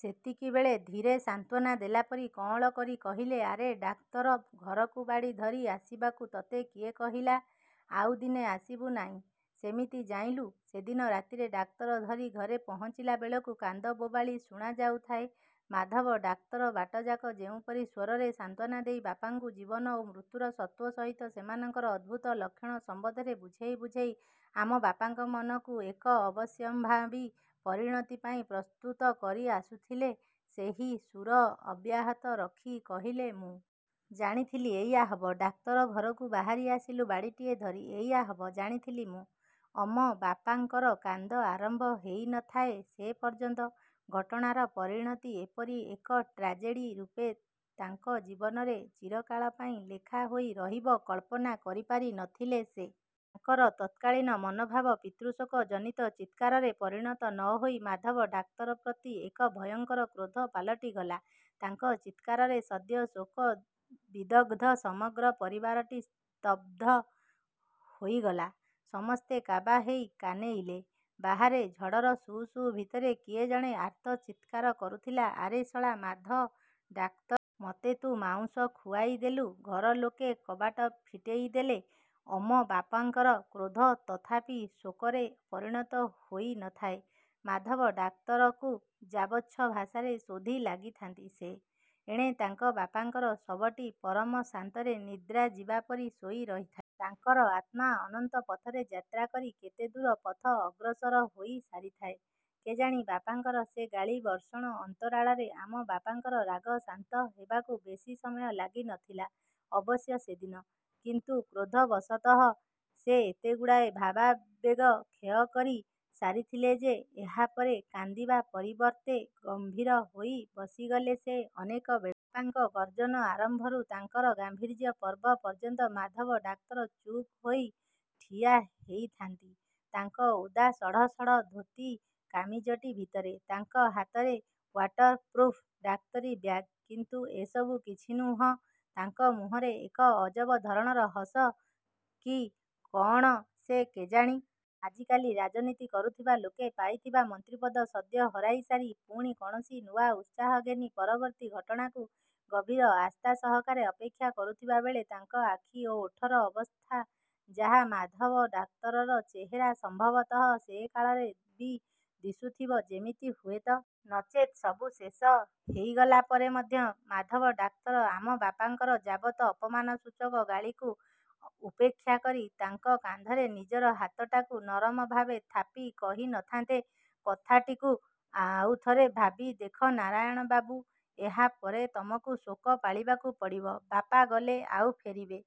ସେତିକିବେଳେ ଧୀରେ, ସାନ୍ତ୍ୱନା ଦେଲା ପରି କଅଁଳ କରି କହିଲେ, "ଆରେ! ଡାକ୍ତର ଘରକୁ ବାଡ଼ି ଧରି ଆସିବାକୁ ତତେ କିଏ କହିଲା! ଆଉ ଦିନେ ଆସିବୁ ନାଇଁ ସେମିତି-ଜାଇଁଲୁ! " ସେଦିନ ରାତିରେ ଡାକ୍ତର ଧରି ଘରେ ପହଞ୍ଚିଲା ବେଳକୁ କାନ୍ଦବୋବାଳି ଶୁଣାଯାଉଥାଏ। ମାଧବ ଡାକ୍ତର ବାଟଯାକ ଯେଉଁପରି ସ୍ଵରରେ ସାନ୍ତ୍ୱନା ଦେଇ ବାପାଙ୍କୁ ଜୀବନ ଓ ମୃତ୍ୟୁର ତତ୍ତ୍ଵ ସହିତ ସେମାନଙ୍କର ଅଦ୍ଭୁତ ଲକ୍ଷଣ ସମ୍ବନ୍ଧରେ ବୁଝେଇ ବୁଝେଇ ଆମ ବାପାଙ୍କ ମନକୁ ଏକ ଅବଶ୍ୟମ୍ଭାବୀ ପରିଣତି ପାଇଁ ପ୍ରସ୍ତୁତ କରି ଆସୁଥିଲେ ସେହି ସୁର ଅବ୍ୟାହତ ରଖି କହିଲେ, "ମୁଁ। ଜାଣିଥିଲି। ଏଇଆ ହେବ। ଡାକ୍ତର ଘରକୁ ବାହାରି ଆସିଲୁ ବାଡ଼ିଟିଏ ଧରି। ଏଇଆ ହବ। ଜାଣିଥିଲି ମୁଁ " ଅମ ବାପାଙ୍କର କାନ୍ଦ ଆରମ୍ଭ ହେଇ ନ ଥାଏ ସେ ପର୍ଯ୍ୟନ୍ତ। ଘଟଣାର ପରିଣତି ଏପରି ଏକ ଟ୍ରାଜେଡ଼ି ରୂପେ ତାଙ୍କ ଜୀବନରେ ଚିରକାଳ ପାଇଁ ଲେଖା ହୋଇ ରହିବ କଳ୍ପନା କରିପାରି ନ ଥିଲେ ସେ। ତାଙ୍କର ତତ୍କାଳୀନ ମନୋଭାବ ପିତୃଶୋକ ଜନିତ ଚିତ୍କାରରେ ପରିଣତ ନ ହୋଇ ମାଧବ ଡାକ୍ତର ପ୍ରତି ଏକ ଭୟଙ୍କର କ୍ରୋଧ ପାଲଟିଗଲା। ତାଙ୍କ ଚିତ୍କାରରେ ସଦ୍ୟ ଶୋକ ବିଦଗ୍ଧ ସମଗ୍ର ପରିବାରଟି ସ୍ତବ୍ଧ ହୋଇଗଲା। ସମସ୍ତେ କାବା ହେଇ କାନେଇଲେ। ବାହାରେ, ଝଡ଼ର ସୁ ସୁ ଭିତରେ କିଏ ଜଣେ ଆର୍ତ୍ତ ଚିତ୍କାର କରୁଥିଲା- "ଆରେ ଶଳା ମାଧ ଡାକ୍ତର। ମତେ ତୁ ମାଉଁସ ଖୁଆଇ ଦେଲୁ। " ଘର ଲୋକେ କବାଟ ଫିଟେଇ ଦେଲେ। ଅମ ବାପାଙ୍କର କ୍ରୋଧ ତଥାପି ଶୋକରେ ପରିଣତ ହୋଇ ନ ଥାଏ। ମାଧବ ଡାକ୍ତରକୁ ଯାବଚ୍ଛ ଭାଷାରେ ଶୋଧି ଲାଗିଥାନ୍ତି ସେ। ଏଣେ ତାଙ୍କ ବାପାଙ୍କର ଶବଟି ପରମ ଶାନ୍ତରେ ନିଦ୍ରା ଯିବା ପରି ଶୋଇ ରହିଥାଏ। ତାଙ୍କର ଆତ୍ମା ଅନନ୍ତ ପଥରେ ଯାତ୍ରା କରି କେତେ ଦୂର ପଥ ଅଗ୍ରସର ହୋଇ ସାରିଥାଏ କେଜାଣି ବାପାଙ୍କର ସେ ଗାଳି ବର୍ଷଣ ଅନ୍ତରାଳରେ। ଆମ ବାପାଙ୍କର ରାଗ ଶାନ୍ତ ହେବାକୁ ବେଶୀ ସମୟ ଲାଗି ନ ଥିଲା ଅବଶ୍ୟ ସେଦିନ। କିନ୍ତୁ, କ୍ରୋଧବଶତଃ ସେ ଏତେଗୁଡ଼ାଏ ଭାବାବେଗ କ୍ଷୟ କରି ସାରିଥିଲେ ଯେ ଏହାପରେ କାନ୍ଦିବା ପରିବର୍ତ୍ତେ ଗମ୍ଭୀର ହୋଇ ବସିଗଲେ ସେ ଅନେକ ବେଳ। ବାପାଙ୍କ ଗର୍ଜନ ଆରମ୍ଭରୁ ତାଙ୍କର ଗାମ୍ଭୀର୍ଯ୍ୟ ପର୍ବ ପର୍ଯ୍ୟନ୍ତ ମାଧବ ଡାକ୍ତର ଚୁପ୍ ହେଇ ଠିଆ ହେଇଥାନ୍ତି ତାଙ୍କ ଓଦା ସଢ଼ସଢ଼ ଧୋତି କାମିଜଟି ଭିତରେ। ତାଙ୍କ ହାତରେ ୱାଟରପ୍ରୁଫ୍ ଡାକ୍ତରୀ ବ୍ୟାଗ୍। କିନ୍ତୁ, ଏସବୁ କିଛି ନୁହଁ। ତାଙ୍କ ମୁହଁରେ ଏକ ଅଜବ ଧରଣର ହସ କି କଅଣ ସେ କେଜାଣି! ଆଜିକାଲି ରାଜନୀତି କରୁଥିବା ଲୋକେ ପାଇଥିବା ମନ୍ତ୍ରୀପଦ ସଦ୍ୟ ହରାଇ ସାରି ପୁଣି କୌଣସି ନୂଆ ଉତ୍ସାହ ଘେନି ପରବର୍ତ୍ତୀ ଘଟଣାକୁ ଗଭୀର ଆସ୍ଥା ସହକାରେ ଅପେକ୍ଷା କରୁଥିବା ବେଳେ ତାଙ୍କ ଆଖି ଓ ଓଠର ଅବସ୍ଥା ଯାହା ମାଧବ ଡାକ୍ତରର ଚେହେରା ସମ୍ଭବତଃ ସେକାଳରେ ବି ଦିଶୁଥିବ ଯେମିତି ହୁଏତ। ନଚେତ୍ ସବୁ ଶେଷ ହେଇଗଲା ପରେ ମଧ୍ୟ ମାଧବ ଡାକ୍ତର ଆମ ବାପାଙ୍କର ଯାବତ ଅପମାନସୂଚକ ଗାଳିକୁ ଉପେକ୍ଷା କରି, ତାଙ୍କ କାନ୍ଧରେ ନିଜର ହାତଟାକୁ ନରମଭାବେ ଥାପି କହି ନ ଥାନ୍ତେ। "କଥାଟିକୁ ଆଉଥରେ ଭାବି ଦେଖ ନାରାୟଣ ବାବୁ! ଏହାପରେ ତମକୁ ଶୋକ ପାଳିବାକୁ ପଡ଼ିବ। ବାପା ଗଲେ-ଆଉ ଫେରିବେ